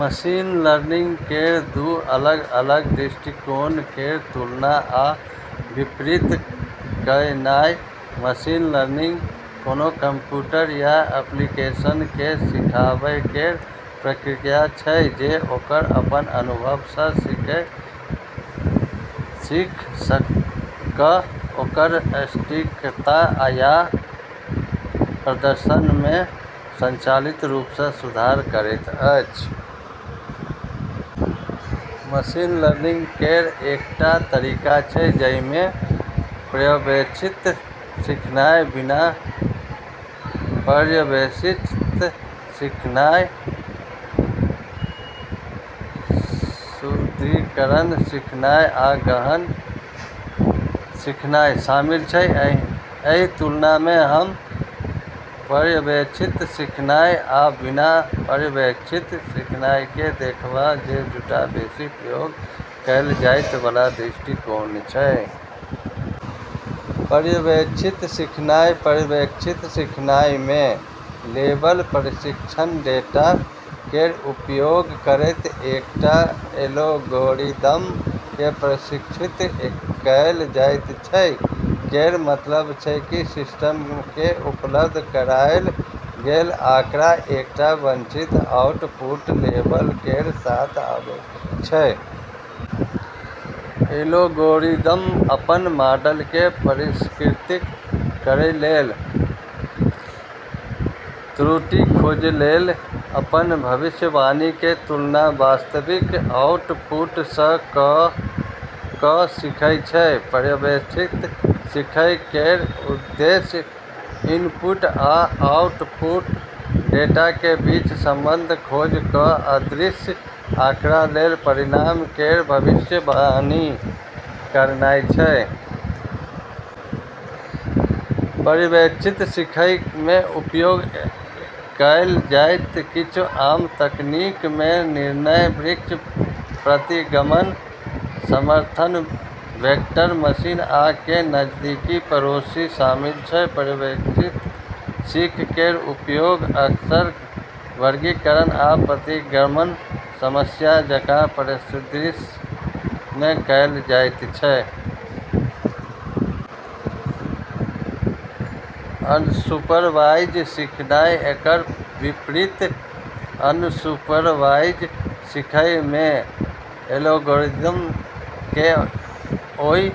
Machine learning केर दू अलग-अलग दृष्टिकोण केर तुलना आ विपरीत कयनाय। मशीन लर्निंग कोनो कंप्यूटर या एप्लीकेशन केँ सिखाबै केर प्रक्रिया छै जे ओकर अपन अनुभव सँ सीख कऽ ओकर सटीकता आ/या प्रदर्शन मे स्वचालित रूप सँ सुधार करैत अछि। मशीन लर्निंग केर कईटा तरीका छै, जहि मे पर्यवेक्षित सीखनाय, बिना पर्यवेक्षित सीखनाय, सुदृढीकरण सीखनाय, आ गहन सीखनाय शामिल छै। एहि तुलना मे हम पर्यवेक्षित सीखनाय आ बिना पर्यवेक्षित सीखना केँ देखब, जे दूटा बेसि प्रयोग कएल जाइत बला दृष्टिकोण छै। पर्यवेक्षित सीखनाय: पर्यवेक्षित सीखनाय मे लेबल प्रशिक्षण डेटा केर उपयोग करैत एकटा एल्गोरिदम केँ प्रशिक्षित कएल जाइत छै, जहि केर मतलब छै की सिस्टम केँ उपलब्ध कराएल गेल आँकड़ा एकटा वांछित आउटपुट लेबल केर साथ आबै छै। एल्गोरिदम अपन मॉडल केँ परिष्कृत करै लेल त्रुटि खोजै लेल अपन भविष्यवाणी के तुलना वास्तविक आउटपुट सँ कऽ कऽ सीखै छै। पर्यवेक्षित सीखय केर उद्देश्य इनपुट आ आउटपुट डेटा केँ बीच संबंध खोज कऽ अदृश्य आँकड़ा लेल परिणाम केर भविष्यवाणी करनाय छै। पर्यवेक्षित सीखय मे उपयोग कएल जाइत किछु आम तकनीक मे निर्णय वृक्ष, प्रतिगमन, समर्थन वेक्टर मशीन आ के-नजदीकी पड़ोसी शामिल छै। पर्यवेक्षित सीख केर उपयोग अक्सर वर्गीकरण आ प्रतिगमन समस्या जकाँ परिदृश्य मे कएल जाइत छै। अनसुपरवाइज सीखनाय: एकर विपरीत, अनसुपरवाइज सीखय मे एल्गोरिदम केँ ओय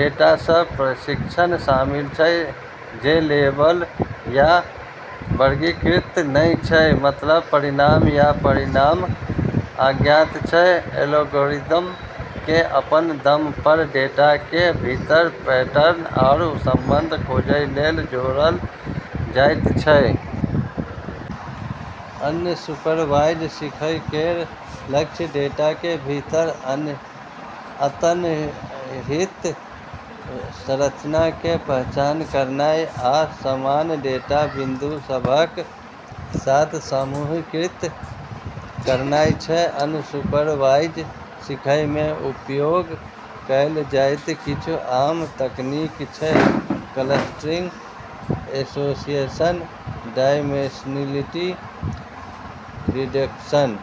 डेटा सँ प्रशिक्षण शामिल छै जे लेबल या वर्गीकृत नहि छै, मतलब परिणाम या परिणाम अज्ञात छै। एल्गोरिदम केँ अपन दम पर डेटा के भीतर पैटर्न आरू संबंध खोजै लेल छोड़ल जाइत छै। अनसुपरवाइज सीखय केर लक्ष्य डेटा के भीतर अंतर्निहित संरचना केर पहचान करनाय आ समान डेटा बिंदु सभ केँ एक साथ समूहीकृत करनाय छै। अनसुपरवाइज सीखय मे उपयोग कएल जाइत किछु आम तकनीक छै क्लस्टरिंग, एसोसिएशन आ डायमेंशनलिटी रिडक्शन।